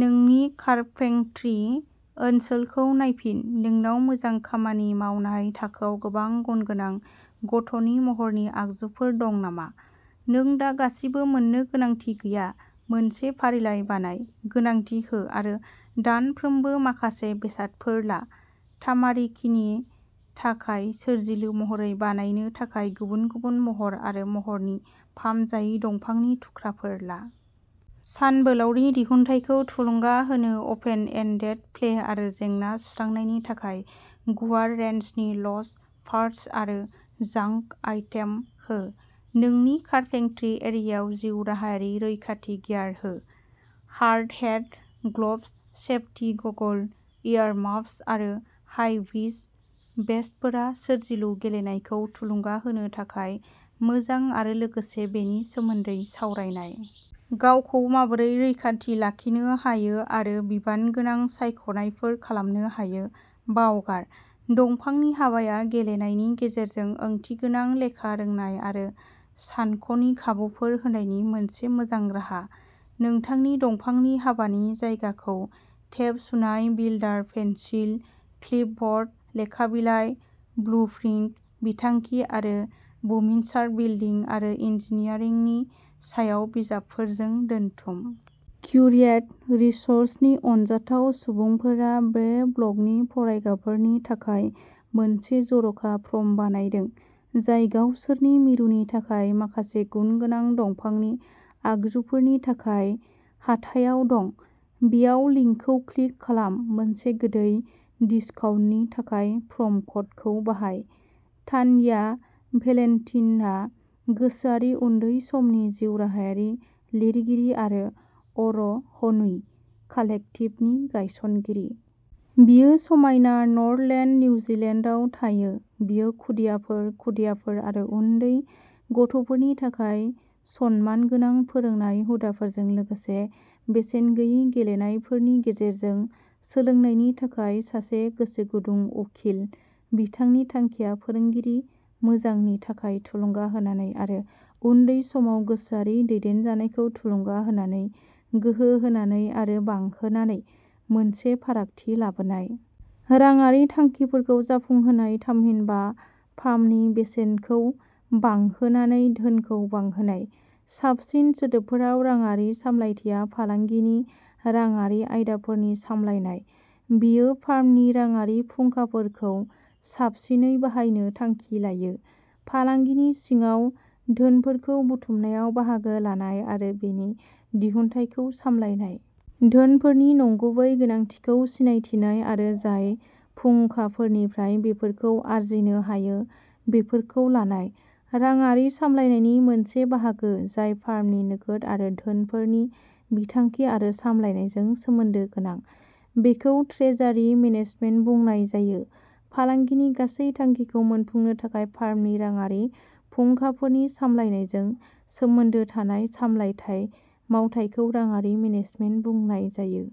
नोंनि कारपेंट्रि ओनसोलखौ नायफिन, नोंनाव मोजां खामानि मावनाय थाखोआव गोबां गुनगोनां, गथ'नि महरनि आगजुफोर दं नामा? नों दा गासिबो मोन्नो गोनांथि गैया, मोनसे फारिलाइ बानाय, गोनांथि हो आरो दानफ्रोमबो माखासे बेसादफोर ला। तामारिकिनि थाखाय सोरजिलु महरै बाहायनो थाखाय गुबुन-गुबुन महर आरो महरनि फाहामजायै दंफांनि थुख्राफोर ला। सानबोलावरि, दिहुनथाइखौ थुलुंगा होनो, अपेन एन्डेड प्ले आरो जेंना सुस्रांनायनि थाखाय गुवार रेन्जनि ल'ज पार्ट्स आरो "जांक आइटेम" हो। नोंनि कारपेंट्रि एरियायाव जिउ राहायारि, रैखाथि गियार हो। Hard hat, gloves, safety goggle, earmuffs आरो हाइ-विज भेस्टफोरा सोरजिलु गेलेनायखौ थुलुंगा होनो थाखाय मोजां आरो लोगोसे बेनि सोमोन्दै सावरायनाय। गावखौ माबोरै रैखाथि लाखिनो हायो आरो बिबानगोनां सायख'नायफोर खालामनो हायो। बावगार, दंफांनि हाबाया गेलेनायनि गेजेरजों ओंथिगोनां लेखा रोंनाय आरो सानख'नि खाबुफोर होनायनि मोनसे मोजां राहा। नोंथांनि दंफांनि हाबानि जायगाखौ टेप सुनाय, बिल्डार पेन्सिल, क्लिपब'र्ड, लेखा बिलाइ, ब्लुप्रिन्ट, बिथांखि आरो बुमिनसार, बिल्दिं आरो इन्जिनियारिंनि सायाव बिजाबफोरजों दोनथुम। क्युरिएट रिस'र्सनि अनजाथाव सुबुंफोरा बे ब्लगनि फरायग्राफोरनि थाखाय मोनसे जर'खा प्रम'बानायदों, जाय गावसोरनि मिरुनि थाखाय माखासे गुनगोनां दंफांनि आगजुफोरनि थाखाय हाथायाव दं। बेयावल'लिंकखौ क्लिक खालाम। मोनसे गोदै डिस्काउन्टनि थाखाय प्रम'क'ड खौ बाहाय। तान्या भेलेन्टिनआ गोसोआरि उन्दै समनि जिउराहायारि, लिरगिरि आरो अर'हनुइ कालेक्टिभनि गायसनगिरि। बियो समायना नर्थलेन्ड, निउजिलेन्डआव थायो। बियो खुदियाफोर, खुदियाफोर आरो उन्दै गथ'फोरनि थाखाय सनमानगोनां फोरोंनाय हुदाफोरजों लोगोसे बेसेन गैयै गेलेनायनि गेजेरजों सोलोंनायनि थाखाय सासे गोसोगुदुं उकिल। बिथांनि थांखिया फोरोंगिरि मोजांनि थाखाय थुलुंगा होनानै आरो उन्दै समाव गोसोआरि दैदेनजानायखौ थुलुंगा होनानै, गोहो होनानै आरो बांहोनानै मोनसे फारागथि लाबोनाय। राङारि थांखिफोरखौ जाफुंहोनाय, थामहिनबा फार्मनि बेसेनखौ बांहोनानै धोनखौ बांहोनाय। साबसिन सोदोबफोराव, राङारि सामलायथिया फालांगिनि रांआरि आयदाफोरनि सामलायनाय। बेयो फार्मनि राङारि फुंखाफोरखौ साबसिनै बाहायनो थांखि लायो। फालांगिनि सिङाव धोनफोरखौ बुथुमनायाव बाहागो लानाय आरो बेनि दिहुनथायखौ सामलायनाय। धोनफोरनि नंगुबै गोनांथिखौ सिनायथिनाय आरो जाय फुंखाफोरनिफ्राय बेफोरखौ आरजिनो हायो बेफोरखौ लानाय। राङारि सामलायनायनि मोनसे बाहागो, जाय फार्मनि नोगोद आरो धोनफोरनि बिथांखि आरो सामलायनायजों सोमोन्दो गोनां, बेखौ ट्रेजारि मेनेजमेन्ट बुंनाय जायो। फालांगिनि गासै थांखिखौ मोनफुंनो थाखाय फार्मनि राङारि फुंखाफोरनि सामलायनायजों सोमोन्दो थानाय सामलायथाय मावथायखौ राङारि मेनेजमेन्ट बुंनाय जायो।